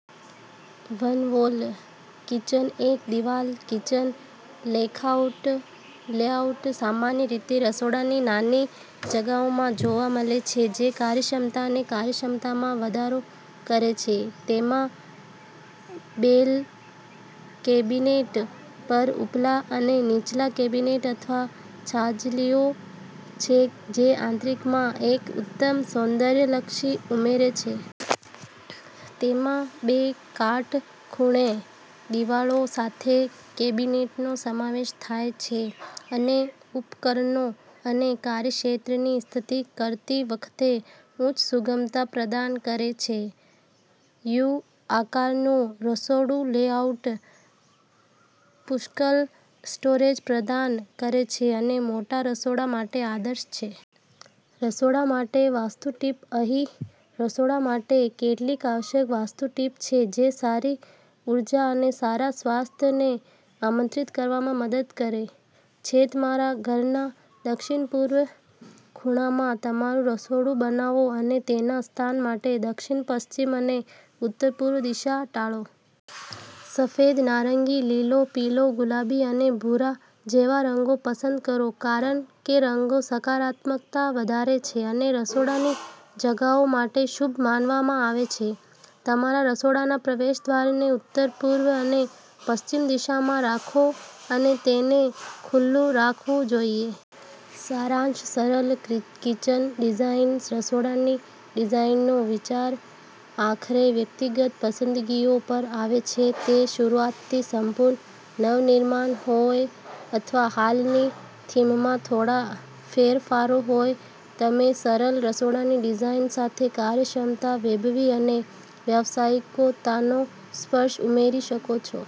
One-wall kitchen એક-દિવાલ kitchen layout સામાન્ય રીતે રસોડાની નાની જગ્યાઓમાં જોવા મળે છે જે કાર્યક્ષમતા અને કાર્યક્ષમતામાં વધારો કરે છે. તેમાં બેઝ કેબિનેટ પર ઉપલા અને નીચલા કેબિનેટ અથવા છાજલીઓ છે, જે આંતરિકમાં એક ઉત્તમ સૌંદર્યલક્ષી ઉમેરે છે. તેમાં બે કાટખૂણે દિવાલો સાથે કેબિનેટનો સમાવેશ થાય છે અને ઉપકરણો અને કાર્યક્ષેત્રની સ્થિતિ કરતી વખતે ઉચ્ચ સુગમતા પ્રદાન કરે છે. યુ-આકારનું રસોડુંલેઆઉટ પુષ્કળ સ્ટોરેજ પ્રદાન કરે છે અને મોટા રસોડા માટે આદર્શ છે. રસોડા માટે વાસ્તુ ટિપ્સ અહીં રસોડા માટે કેટલીક આવશ્યક વાસ્તુ ટિપ્સ છે જે સારી ઉર્જા અને સારા સ્વાસ્થ્યને આમંત્રિત કરવામાં મદદ કરે છેતમારા ઘરના દક્ષિણ-પૂર્વ ખૂણામાં તમારું રસોડું બનાવો અને તેના સ્થાન માટે દક્ષિણ-પશ્ચિમ અને ઉત્તર-પૂર્વ દિશા ટાળો. સફેદ, નારંગી, લીલો, પીળો, ગુલાબી અને ભૂરા જેવા રંગો પસંદ કરો કારણ કેરંગો સકારાત્મકતા વધારે છે અને રસોડાની જગ્યાઓ માટે શુભ માનવામાં આવે છે. તમારા રસોડાના પ્રવેશદ્વારને ઉત્તર, પૂર્વ અને પશ્ચિમ દિશામાં રાખો અને તેને ખુલ્લું રાખવું જોઈએ. સારાંશસરળ કિચન ડિઝાઇન્સ રસોડાની ડિઝાઇનનો વિચાર આખરે વ્યક્તિગત પસંદગીઓ પર આવે છે. તે શરૂઆતથી સંપૂર્ણ નવનિર્માણ હોય અથવા હાલની થીમમાં થોડા ફેરફારો હોય, તમેસરળ રસોડાની ડિઝાઇન સાથે કાર્યક્ષમતા, વૈભવી અને વ્યાવસાયિકતાનો સ્પર્શ ઉમેરી શકો છો.